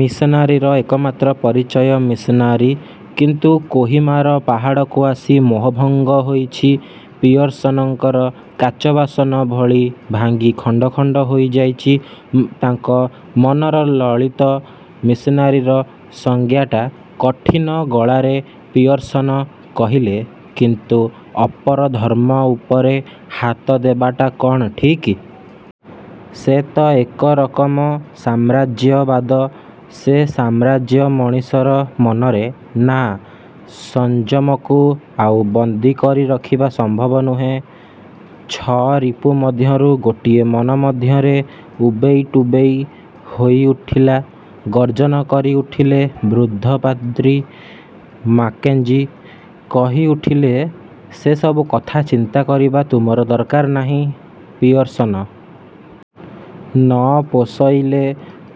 ମିଶନାରୀର ଏକମାତ୍ର ପରିଚୟ ମିଶନାରୀ। କିନ୍ତୁ କୋହିମାର ପାହାଡ଼କୁ ଆସି ମୋହଭଙ୍ଗ ହୋଇଚି ପିୟର୍ସନଙ୍କର। କାଚବାସନ ଭଳି ଭାଙ୍ଗି ଖଣ୍ଡ ଖଣ୍ଡ ହୋଇଯାଇଚି ତାଙ୍କ ମନର ଲଳିତ ମିଶନାରୀର ସଂଜ୍ଞାଟା। କଠିନ ଗଳାରେ ପିୟର୍ସନ କହିଲେ–କିନ୍ତୁ ଅପର ଧର୍ମ ଉପରେ ହାତ ଦେବାଟା କ'ଣ ଠିକ୍? ସେ ତ ଏକରକମ ସାମ୍ରାଜ୍ୟବାଦ। ସେ ସାମ୍ରାଜ୍ୟ ମଣିଷର ମନରେ। ନାଁ'–ସଂଯମକୁ ଆଉ ବନ୍ଦୀ କରି ରଖିବା ସମ୍ଭବ ନୁହେଁ। ଛଅ ରିପୁ ମଧ୍ୟରୁ ଗୋଟିଏ ମନ ମଧ୍ୟରେ ଉବେଇ ଟୁବେଇ ହୋଇଉଠିଲା। ଗର୍ଜନ କରି ଉଠିଲେ ବୃଦ୍ଧ ପାଦ୍ରୀ ମାକେଞ୍ଜି। କହିଉଠିଲେ–ସେସବୁ କଥା ଚିନ୍ତା କରିବା ତୁମର ଦରକାର ନାହିଁ ପିୟର୍ସନ! ନ ପୋଷଇଲେ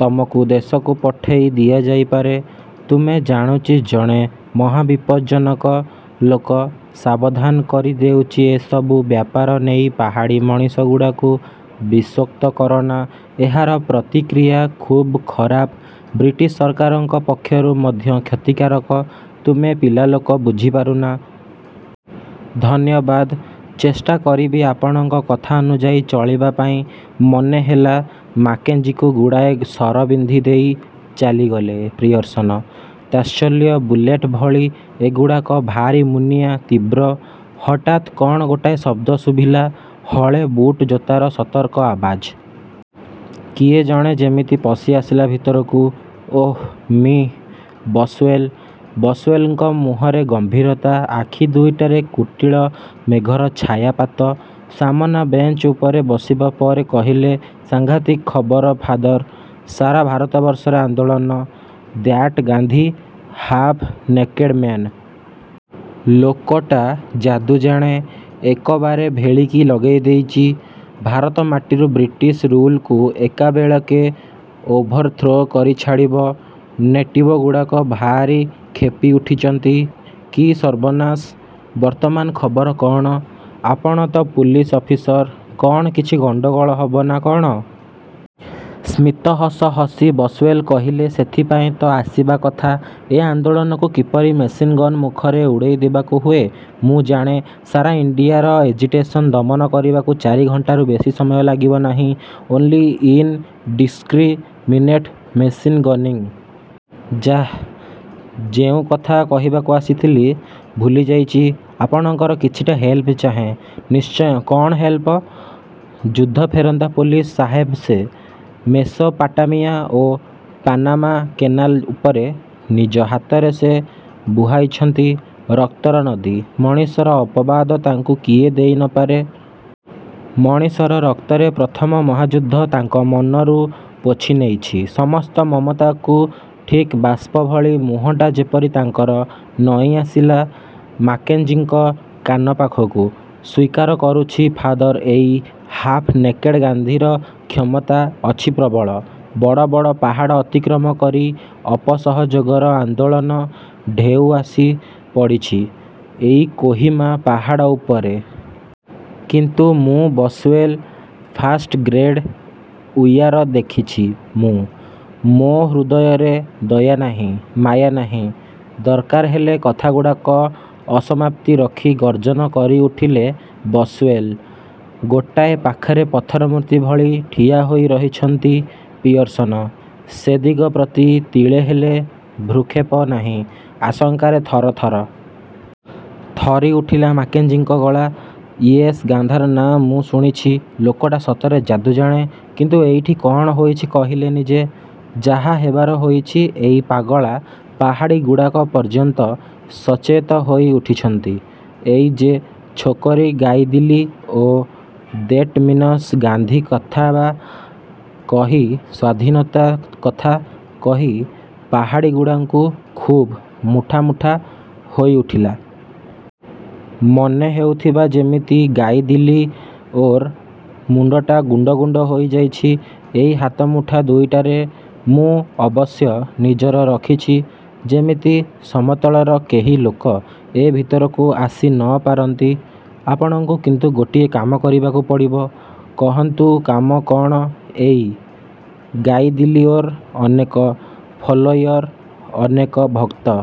ତମକୁ ଦେଶକୁ ପଠେଇ ଦିଆଯାଇପାରେ। ତୁମେ, ଜାଣୁଚି ଜଣେ ମହାବିପଜ୍ଜନକ ଲୋକ। ସାବଧାନ କରି ଦେଉଚି, ଏସବୁ ବ୍ୟାପାର ନେଇ ପାହାଡ଼ୀ ମଣିଷଗୁଡ଼ାକୁ ବିଷୋକ୍ତ କରନା। ଏହାର ପ୍ରତିକ୍ରିୟା ଖୁବ୍ ଖରାପ। ବ୍ରିଟିଶ ସରକାରଙ୍କ ପକ୍ଷରୁ ମଧ୍ୟ କ୍ଷତିକାରକ। ତୁମେ ପିଲାଲୋକ, ବୁଝିପାରୁନା। –ଧନ୍ୟବାଦ। ଚେଷ୍ଟା କରିବି ଆପଣଙ୍କ କଥା ଅନୁଯାୟୀ ଚଳିବା ପାଇଁ। ମନେ ହେଲା ମାକେଞ୍ଜିକୁ ଗୁଡ଼ାଏ ଶର ବିନ୍ଧି ଦେଇ ଚାଲିଗଲେ ପିୟର୍ସନ। ତାତ୍ସଲ୍ୟ–ବୁଲେଟ ଭଳି ଏଗୁଡ଼ାକ ଭାରି ମୁନିଆ, ତୀବ୍ର। ହଠାତ୍ କ'ଣ ଗୋଟାଏ ଶବ୍ଦ ଶୁଭିଲା। ହଳେ ବୁଟ୍ ଜୋତାର ସତର୍କ ଆବାଜ। କିଏ ଜଣେ ଯେମିତି ପଶି ଆସିଲା ଭିତରକୁ। ଓଃ ମିଃ ବସ୍ଓ୍ୱେଲ। ବସଓ୍ୱେଲଙ୍କ ମୁହଁରେ ଗମ୍ଭୀରତା। ଆଖି ଦୁଇଟାରେ କୁଟୀଳ ମେଘର ଛାୟାପାତ। ସାମନା ବେଞ୍ଚ ଉପରେ ବସିବା ପରେ କହିଲେ–ସାଘାଂତିକ ଖବର ଫାଦର! ସାରା ଭାରତବର୍ଷରେ ଆନ୍ଦୋଳନ। That Gandhi. Half naked man. ଲୋକଟା ଯାଦୁ ଜାଣେ। ଏକବାରେ ଭେଳିକି ଲଗେଇ ଦେଇଚି। ଭାରତ ମାଟିରୁ ବ୍ରିଟିଶ ରୁଲକୁ ଏକାବେଳକେ ଓଭରଥ୍ରୋ କରି ଛାଡ଼ିବ। ନେଟିବଗୁଡ଼ାକ ଭାରି କ୍ଷେପି ଉଠିଚନ୍ତି। –କି ସର୍ବନାଶ! ବର୍ତ୍ତମାନ ଖବର କ'ଣ? ଆପଣ ତ ପୁଲିସ ଅଫିସର। କ'ଣ କିଛି ଗଣ୍ଡଗୋଳ ହବ ନା କ'ଣ? ସ୍ମିତ ହସ ହସି ବସଓ୍ୱେଲ କହିଲେ–ସେଇଥିପାଇଁ ତ ଆସିବା କଥା। ଏ ଆନ୍ଦୋଳନକୁ କିପରି ମେସିନ୍ ଗନ୍ ମୁଖରେ ଉଡ଼େଇ ଦେବାକୁ ହୁଏ। ମୁଁ ଜାଣେ, ସାରା ଇଣ୍ଡିୟାର ଏଜିଟେସନ୍ ଦମନ କରିବାକୁ ଚାରି ଘଣ୍ଟାରୁ ବେଶି ସମୟ ଲାଗିବ ନାହିଁ। Only indiscriminate machine gunning. ଯାଃ, ଯେଉଁ କଥା କହିବାକୁ ଆସିଥିଲି, ଭୁଲିଯାଇଚି। ଆପଣଙ୍କର କିଛିଟା ହେଲ୍ପ ଚାହେଁ। –ନିଶ୍ଚୟ, କ'ଣ ହେଲପ? ଯୁଦ୍ଧଫେରନ୍ତା ପୋଲିସ ସାହେବ ସେ। ମେସୋପାଟାମିଆ ଓ ପାନାମା କେନାଲ ଉପରେ ନିଜ ହାତରେ ସେ ବୁହାଇଛନ୍ତି ରକ୍ତର ନଦୀ। ମଣିଷର ଅପବାଦ ତାଙ୍କୁ କିଏ ଦେଇ ନ ପାରେ। ମଣିଷର ରକ୍ତରେ ପ୍ରଥମ ମହାଯୁଦ୍ଧ ତାଙ୍କ ମନରୁ ପୋଛିନେଇଛି ସମସ୍ତ ମମତାକୁ। ଠିକ୍ ବାଷ୍ପ ଭଳି। ମୁହଁଟା ଯେପରି ତାଙ୍କର ନଇଁଆସିଲା ମାକେଞ୍ଜିଙ୍କ କାନ ପାଖକୁ। ସ୍ୱୀକାର କରୁଛି ଫାଦର ଏଇ ହାଫ ନେକେଡ଼ ଗାନ୍ଧୀର କ୍ଷମତା ଅଛି ପ୍ରବଳ। ବଡ଼ ବଡ଼ ପାହାଡ଼ ଅତିକ୍ରମ କରି ଅସହଯୋଗର ଆନ୍ଦୋଳନ–ଢେଉ ଆସିପଡ଼ିଛି ଏଇ କୋହିମା ପାହାଡ଼ ଉପରେ। କିନ୍ତୁ ମୁଁ ବସଓ୍ୱେଲ! ଫାଷ୍ଟଗ୍ରେଡ଼ ଉୟାର ଦେଖିଛି ମୁଁ। ମୋ ହୃଦୟରେ ଦୟାନାହିଁ, ମାୟା ନାହିଁ। ଦରକାର ହେଲେ କଥାଗୁଡ଼ାକୁ ଅସମାପ୍ତି ରଖି ଗର୍ଜନ କରିଉଠିଲେ ବସଓ୍ୱେୟଲ। ଗୋଟାଏ ପାଖରେ ପଥରମୂର୍ତ୍ତି ଭଳି ଠିଆ ହୋଇରହିଛନ୍ତି ପିୟର୍ସନ। ସେଦିଗ ପ୍ରତି ତିଳେହେଲେ ଭ୍ରୁକ୍ଷେପ ନାହିଁ। ଆଶଙ୍କାରେ ଥର ଥର। ଥରି ଉଠିଲା ମାକେଞ୍ଜିଙ୍କ ଗଳା। –ଇୟେସ୍, ଗାନ୍ଧାର ନାଁ ମୁଁ ଶୁଣିଛି, ଲୋକଟା ସତରେ ଯାଦୁଜାଣେ, କିନ୍ତୁ ଏଇଠି କଣ ହୋଇଛି କହିଲେନି ଯେ– –ଯାହା ହେବାର ହୋଇଛି, ଏଇ ପାଗଳା ପାହାଡ଼ୀଗୁଡ଼ାକ ପର୍ଯ୍ୟନ୍ତ ସଚେତ ହୋଇଉଠିଛନ୍ତି। ଏଇ ଯେ ଛୋକରୀ ଗାଇଦିଲିଓ, ଦେଟ ମିନସ ଗାନ୍ଧୀ କଥାବା କହି, ସ୍ୱାଧୀନତା କଥା କହି ପାହାଡ଼ୀଗୁଡ଼ାଙ୍କୁ ଖୁବ୍ ମୁଠା ମୁଠା ହୋଇଉଠିଲା। ମନେ ହେଉଥିଲା ଯେମିତି ଗାଇଦିଲିଓର ମୁଣ୍ଡଟା ଗୁଣ୍ଡ ଗୁଣ୍ଡ ହୋଇଯାଉଛି ଏଇ ହାତମୁଠା ଦୁଇଟାରେ। ମୁଁ ଅବଶ୍ୟ ନଜର ରଖିଛି ଯେମିତି ସମତଳର କେହି ଲୋକ ଏ ଭିତରକୁ ଆସି ନ ପାରନ୍ତି। ଆପଣଙ୍କୁ କିନ୍ତୁ ଗୋଟିଏ କାମ କରିବାକୁ ପଡ଼ିବ। –କହନ୍ତୁ କାମ କଣ? –ଏଇ। ଗାଇଦିଲିଓର ଅନେକ ଫଲୋୟର, ଅନେକ ଭକ୍ତ।